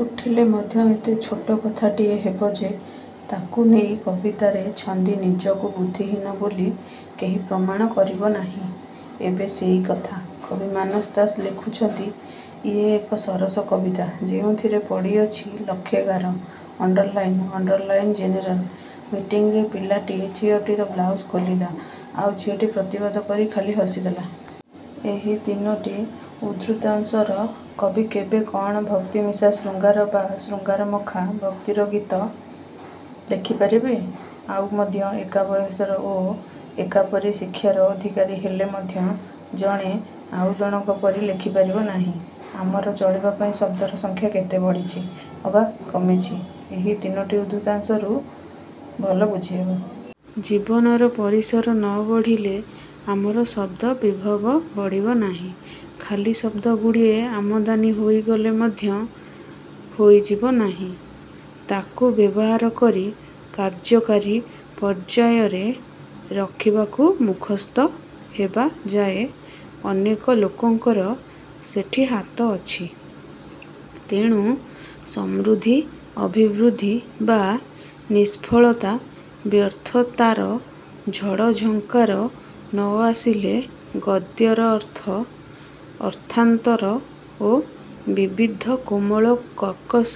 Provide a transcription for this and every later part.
ଉଠିଲେ ମଧ୍ୟ ଏତେ ଛୋଟ କଥାଟିଏ ହେବ ଯେ ତା'କୁ ନେଇ କବିତାରେ ଛନ୍ଦି ନିଜକୁ ବୁଦ୍ଧିହୀନ ବୋଲି କେହି ପ୍ରମାଣ କରିବ ନାହିଁ। ଏବେ ସେଇ କଥା କବି ମାନସ ଦାସ ଲେଖୁଛନ୍ତି। ଇଏ ଏକ ସରସ କବିତା ଯେଉଁଥିରେ ପଡ଼ିଅଛି ଲକ୍ଷେ ଗାର underline underline general ମିଟିଂରେ ପିଲାଟିଏ ଝିଅଟିର ବ୍ଲାଉସ୍ ଖୋଲିଲା ଆଉ ଝିଅଟି ପ୍ରତିବାଦ କରି ଖାଲି ହସି ଦେଲା। ଏହି ତିନୋଟି ଉଦ୍ଧୃତାଂଶର କବି କେବେ କ'ଣ ଭକ୍ତିମିଶା ଶୃଙ୍ଗାର ବା ଶୃଙ୍ଗାରମଖା ଭକ୍ତିର ଗୀତ ଲେଖିପାରିବେ? ଆଉ ମଧ୍ୟ ଏକା ବୟସର ଓ ଏକାପରି ଶିକ୍ଷାର ଅଧିକାରୀ ହେଲେ ମଧ୍ୟ ଜଣେ ଆଉ ଜଣକ ପରି ଲେଖି ପାରିବ ନାହିଁ। ଆମର ଚଳିବାପାଇଁ ଶଦ୍ଦର ସଂଖ୍ୟା କେତେ ବଢ଼ିଛି ଅବା କମିଛି ଏହି ତିନୋଟି ଉଦ୍ଧୃତାଂଶରୁ ଭଲ ବୁଝିହବ। ଜୀବନର ପରିସର ନ ବଢ଼ିଲେ ଆମର ଶଦ୍ଦ ବିଭବ ବଢ଼ିବ ନାହିଁ। ଖାଲି ଶଦ୍ଦଗୁଡ଼ିଏ ଆମଦାନୀ ହେଇଗଲେ ମଧ୍ୟ ହେଇଯିବ ନାହିଁ। ତାକୁ ବ୍ୟବହାର କରି କାର୍ଯ୍ୟକାରୀ ପର୍ଯ୍ୟାୟରେ ରଖିବାକୁ ମୁଖସ୍ଥ ହେବା ଯାଏ ଅନେକ ଲୋକଙ୍କର ସେଠି ହାତ ଅଛି। ତେଣୁ। ସମୃଦ୍ଧି, ଅଭିବୃଦ୍ଧି ବା ନିଷ୍ଫଳତା ବ୍ୟର୍ଥତାର ଝଡ଼ ଝଙ୍କାର ନ ଆସିଲେ ଗଦ୍ୟର ଅର୍ଥ, ଅର୍ଥାନ୍ତର ଓ ବିବିଧ କୋମଳ କର୍କଶ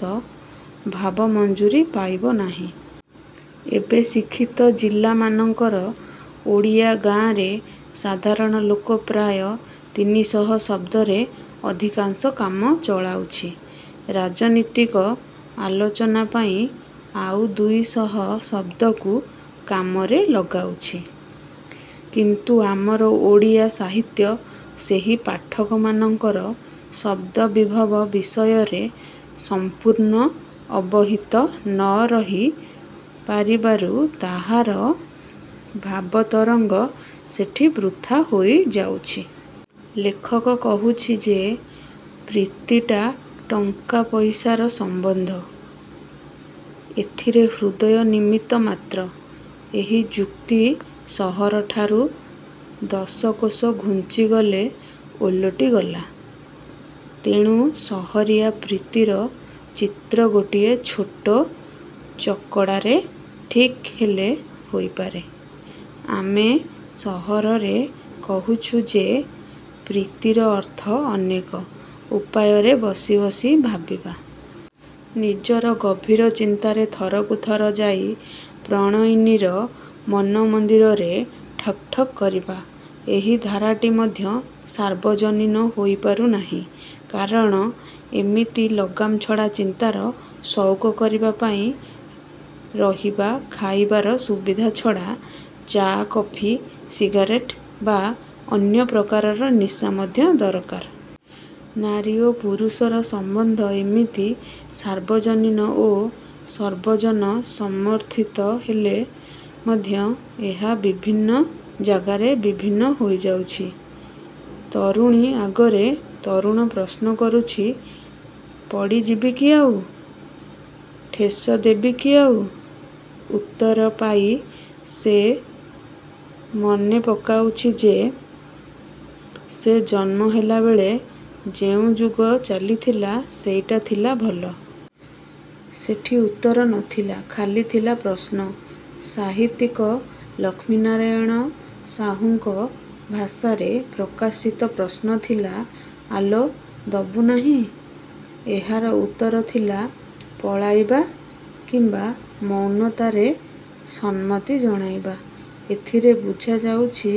ଭାବ ମଞ୍ଜୁରି ପାଇବ ନାହିଁ। ଏବେ ଶିକ୍ଷିତ ଜିଲାମାନଙ୍କର ଓଡ଼ିଆ ଗାଁରେ ସାଧାରଣ ଲୋକ ପ୍ରାୟ ତିନିଶହ ଶଦ୍ଦରେ ଅଧିକାଂଶ କାମ ଚଳାଉଛି। ରାଜନୀତିକ ଆଲୋଚନା ପାଇଁ ଆଉ ଦୁଇଶହ ଶଦ୍ଦକୁ କାମରେ ଲଗାଉଛି। କିନ୍ତୁ ଆମର ଓଡ଼ିଆ ସାହିତ୍ୟ ସେହି ପାଠକମାନଙ୍କର ଶଦ୍ଦବିଭବ ବିଷୟରେ ସଂପୂର୍ଣ୍ଣ ଅବହିତ ନ ରହି ପାରିବାରୁ ତାହାର ଭାବତରଙ୍ଗ ସେଠି ବୃଥା ହେଇଯାଉଛି। ଲେଖକ କହୁଛି ଯେ ପ୍ରୀତିଟା ଟଙ୍କା ପଇସାର ସମ୍ୱନ୍ଧ-ଏଥିରେ ହୃଦୟ ନିମିତ୍ତ ମାତ୍ର। ଏହି ଯୁକ୍ତି ସହରଠାରୁ ଦଶକୋଶ ଘୁଞ୍ଚିଗଲେ ଓଲଟି ଗଲା। ତେଣୁ ସହରିଆ ପ୍ରୀତିର ଚିତ୍ର ଗୋଟିଏ ଛୋଟ ଚକଡ଼ାରେ ଠିକ୍ ହେଲେ ହେଇପାରେ। ଆମେ ସହରରେ କହୁଛୁ ଯେ ପ୍ରୀତିର ଅର୍ଥ ଅନେକ ଉପାୟରେ ବସି ବସି ଭାବିବା। ନିଜର ଗଭୀର ଚିନ୍ତାରେ ଥରକୁ ଥର ଯାଇ ପ୍ରଣୟିନୀର ମନ ମନ୍ଦିରରେ ଠକ୍ ଠକ୍ କରିବା। ଏହି ଧାରାଟି ମଧ୍ୟ ସାର୍ବଜନୀନ ହୋଇ ପାରୁନାହିଁ। କାରଣ ଏମିତି ଲଗାମ ଛଡ଼ା ଚିନ୍ତାର ସଉକ କରିବା ପାଇଁ ରହିବା ଖାଇବାର ସୁବିଧା ଛଡ଼ା ଚା'କଫି ସିଗାରେଟ୍ ବା ଅନ୍ୟ ପ୍ରକାରର ନିଶା ମଧ୍ୟ ଦରକାର। ନାରୀ ଓ ପୁରୁଷର ସମ୍ୱନ୍ଧ ଏମିତି ସାର୍ବଜନୀନ ଓ ସର୍ବଜନ ସମର୍ଥିତ ହେଲେ ମଧ୍ୟ ଏହା ବିଭିନ୍ନ ଯାଗାରେ ବିଭିନ୍ନ ହୋଇଯାଉଛି। ତରୁଣୀ ଆଗରେ ତରୁଣ ପ୍ରଶ୍ନ କରୁଛି। ପଡ଼ି ଯିବି କି ଆଉ? ଠେସ ଦେବି କି ଆଉ? ଉତ୍ତର ପାଇ ସେ ମନେ ପକାଉଛି ଯେ ସେ ଜନ୍ମ ହେଲାବେଳେ ଯେଉଁ ଯୁଗ ଚାଲିଥିଲା ସେଇଟା ଥିଲା ଭଲ। ସେଠି ଉତ୍ତର ନଥିଲା-ଖାଲି ଥିଲା ପ୍ରଶ୍ନ। ସାହିତ୍ୟିକ ଲକ୍ଷ୍ମୀନାରାୟଣ ସାହୁଙ୍କ ଭାଷାରେ ପ୍ରକାଶିତ ପ୍ରଶ୍ନ ଥିଲା? ଆଲୋ, ଦବୁ ନାହିଁ? ଏହାର ଉତ୍ତର ଥିଲା ପଳାଇବା କିମ୍ୱା ମୌନତାରେ ସମ୍ମତି ଜଣାଇବା। ଏଥିରେ ବୁଝାଉଛି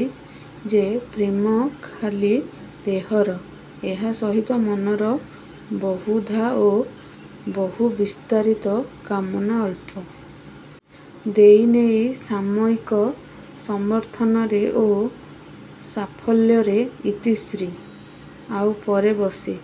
ଯେ ପ୍ରେମ ଖାଲି ଦେହର। ଏହା ସହିତ ମନର ବହୁଧା ଓ ବହୁବିସ୍ତାରିତ କାମନା ଅଳ୍ପ। ଦେଇ ନେଇ ସାମୟିକ ସମର୍ଥନରେ ଓ ସାଫଲ୍ୟରେ ଇତିଶ୍ରୀ। ଆଉ ପରେ ବସି